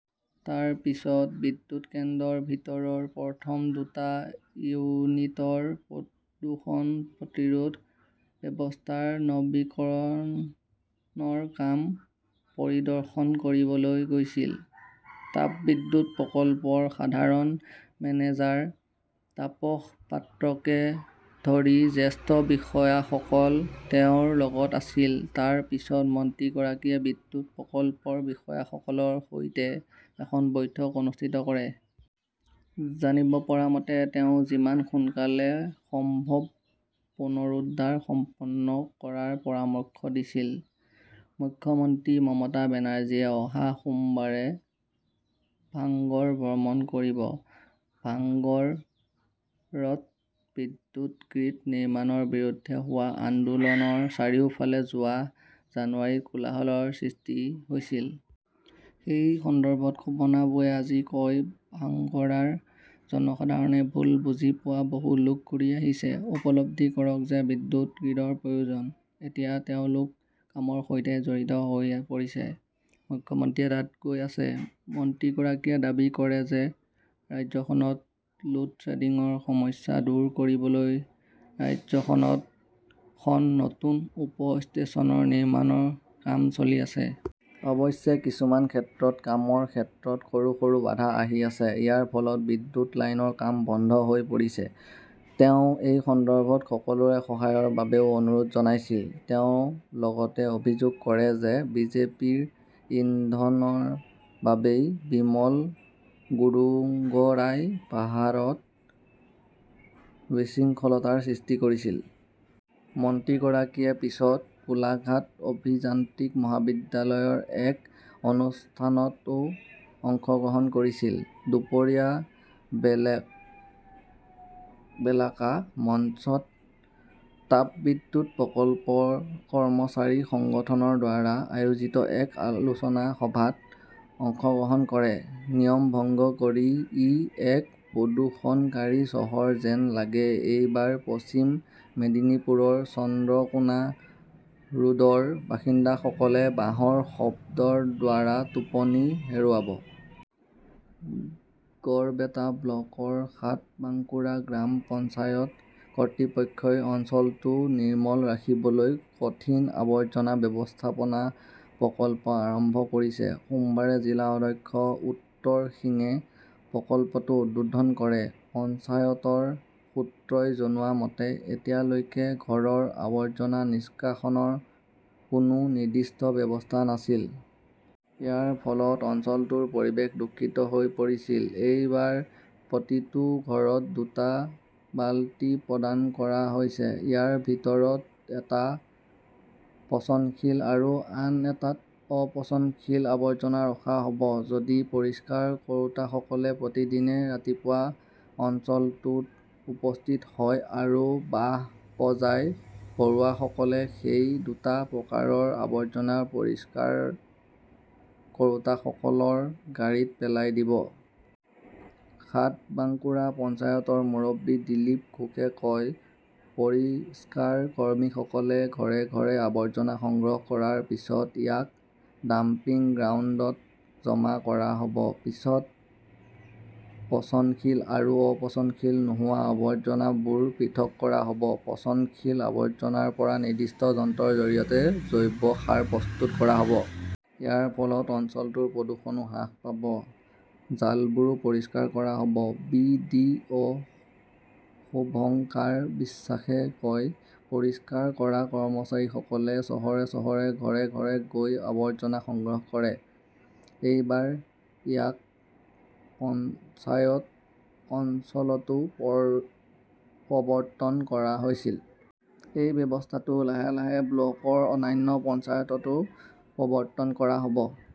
তাৰ পিছত বিদ্যুৎ কেন্দ্ৰৰ ভিতৰৰ প্ৰথম দুটা ইউনিটৰ প্ৰদূষণ প্ৰতিৰোধ ব্যৱস্থাৰ নৱীকৰণৰ কাম পৰিদৰ্শন কৰিবলৈ গৈছিল। তাপবিদ্যুৎ প্ৰকল্পৰ সাধাৰণ মেনেজাৰ তাপস পাত্ৰকে ধৰি জ্যেষ্ঠ বিষয়াসকল তেওঁৰ লগত আছিল। তাৰ পিছত মন্ত্ৰীগৰাকীয়ে বিদ্যুৎ প্ৰকল্পৰ বিষয়াসকলৰ সৈতে এখন বৈঠক অনুষ্ঠিত কৰে। জানিব পৰা মতে তেওঁ যিমান সোনকালে সম্ভৱ পুনৰুদ্ধাৰ সম্পন্ন কৰাৰ পৰামৰ্শ দিছিল। মুখ্যমন্ত্ৰী মমতা বেনাৰ্জীয়ে অহা সোমবাৰে ভাঙ্গৰ ভ্ৰমণ কৰিব। ভাংগৰত বিদ্যুৎ গ্ৰীড নিৰ্মাণৰ বিৰুদ্ধে হোৱা আন্দোলনৰ চাৰিওফালে যোৱা জানুৱাৰীত কোলাহলৰ সৃষ্টি হৈছিল। সেই সন্দৰ্ভত শোভনাবুৱে আজি কয়, ভাংগৰাৰ জনসাধাৰণে ভুল বুজি পোৱা বহু লোক ঘূৰি আহিছে। উপলব্ধি কৰক যে বিদ্যুৎ গ্ৰীডৰ প্ৰয়োজন। এতিয়া তেওঁলোক কামৰ সৈতে জড়িত হৈ পৰিছে। মুখ্যমন্ত্ৰীয়ে তাত গৈ আছে। মন্ত্ৰীগৰাকীয়ে দাবী কৰে যে ৰাজ্যখনত লোডশ্বেডিংৰ সমস্যা দূৰ কৰিবলৈ ৰাজ্যখনত খন নতুন উপ-ষ্টেচন নিৰ্মাণৰ কাম চলি আছে। অৱশ্যে কিছুমান ক্ষেত্ৰত কামৰ ক্ষেত্ৰত সৰু সৰু বাধা আহি আছে। ইয়াৰ ফলত বিদ্যুৎ লাইনৰ কাম বন্ধ হৈ পৰিছে। তেওঁ এই সন্দৰ্ভত সকলোৰে সহায়ৰ বাবেও অনুৰোধ জনাইছিল। তেওঁ লগতে অভিযোগ কৰে যে বিজেপিৰ ইন্ধনৰ বাবেই বিমল গুৰুঙ্গৰাই পাহাৰত বিশৃংখলতাৰ সৃষ্টি কৰিছিল। মন্ত্ৰীগৰাকীয়ে পিছত কোলাঘাট অভিযান্ত্ৰিক মহাবিদ্যালয়ৰ এক অনুষ্ঠানতও অংশগ্ৰহণ কৰিছিল। দুপৰীয়া বেলাকা মঞ্চত তাপবিদ্যুৎ প্ৰকল্পৰ কৰ্মচাৰী সংগঠনৰ দ্বাৰা আয়োজিত এক আলোচনা সভাত অংশগ্ৰহণ কৰে। নিয়ম ভংগ কৰি ই এক প্ৰদূষণকাৰী চহৰ যেন লাগে এইবাৰ পশ্চিম মেদিনীপুৰৰ চন্দ্ৰকোনা ৰোডৰ বাসিন্দাসকলে বাঁহৰ শব্দৰ দ্বাৰা টোপনি হেৰুৱাব। গড়বেটা- ব্লকৰ সাতবাঙ্কুৰা গ্ৰাম পঞ্চায়ত কৰ্তৃপক্ষই অঞ্চলটো নিৰ্মল ৰাখিবলৈ কঠিন আৱৰ্জনা ব্যৱস্থাপনা প্ৰকল্প আৰম্ভ কৰিছে। সোমবাৰে জিলা অধ্যক্ষ উত্তৰ সিঙে প্ৰকল্পটো উদ্বোধন কৰে। পঞ্চায়তৰ সূত্ৰই জনোৱা মতে, এতিয়ালৈকে ঘৰৰ আৱৰ্জনা নিষ্কাশনৰ কোনো নিৰ্দিষ্ট ব্যৱস্থা নাছিল। ইয়াৰ ফলত অঞ্চলটোৰ পৰিৱেশ দূষিত হৈ পৰিছিল। এইবাৰ প্ৰতিটো ঘৰত দুটা বালতি প্ৰদান কৰা হৈছে। ইয়াৰ ভিতৰত এটাত পচনশীল আৰু আন এটাত অ-পচনশীল আৱৰ্জনা ৰখা হব। যদি পৰিষ্কাৰ কৰোঁতাসকলে প্ৰতিদিনে ৰাতিপুৱা অঞ্চলটোত উপস্থিত হয় আৰু বাঁহ বজায়, ঘৰুৱাসকলে সেই দুটা প্ৰকাৰৰ আৱৰ্জনা পৰিষ্কাৰ কৰোঁতাসকলৰ গাড়ীত পেলাই দিব। সাতবাঙ্কুৰা পঞ্চায়তৰ মুৰব্বী দিলীপ ঘোষে কয়, পৰিষ্কাৰ কৰ্মীসকলে ঘৰে-ঘৰে আৱৰ্জনা সংগ্ৰহ কৰাৰ পিছত ইয়াক ডাম্পিং গ্ৰাউণ্ডত জমা কৰা হব। পিছত পচনশীল আৰু পচনশীল নোহোৱা আৱৰ্জনাবোৰ পৃথক কৰা হ 'ব। পচনশীল আৱৰ্জনাৰ পৰা নিৰ্দিষ্ট যন্ত্ৰৰ জৰিয়তে জৈৱ সাৰ প্ৰস্তুত কৰা হব । ইয়াৰ ফলত অঞ্চলটোৰ প্ৰদূষণও হ্ৰাস পাব। জালবোৰো পৰিষ্কাৰ কৰা হব । বি. ডি. অ শুভঙ্কাৰ বিশ্বাসে কয়, পৰিষ্কাৰ কৰা কৰ্মচাৰীসকলে চহৰে-চহৰে ঘৰে-ঘৰে গৈ আৱৰ্জনা সংগ্ৰহ কৰে। এইবাৰ ইয়াক পঞ্চায়ত অঞ্চলতও প্ৰৱৰ্তন কৰা হৈছিল। এই ব্যৱস্থাটো লাহে লাহে ব্লকৰ অন্যান্য পঞ্চায়ততো প্ৰৱৰ্তন কৰা হব।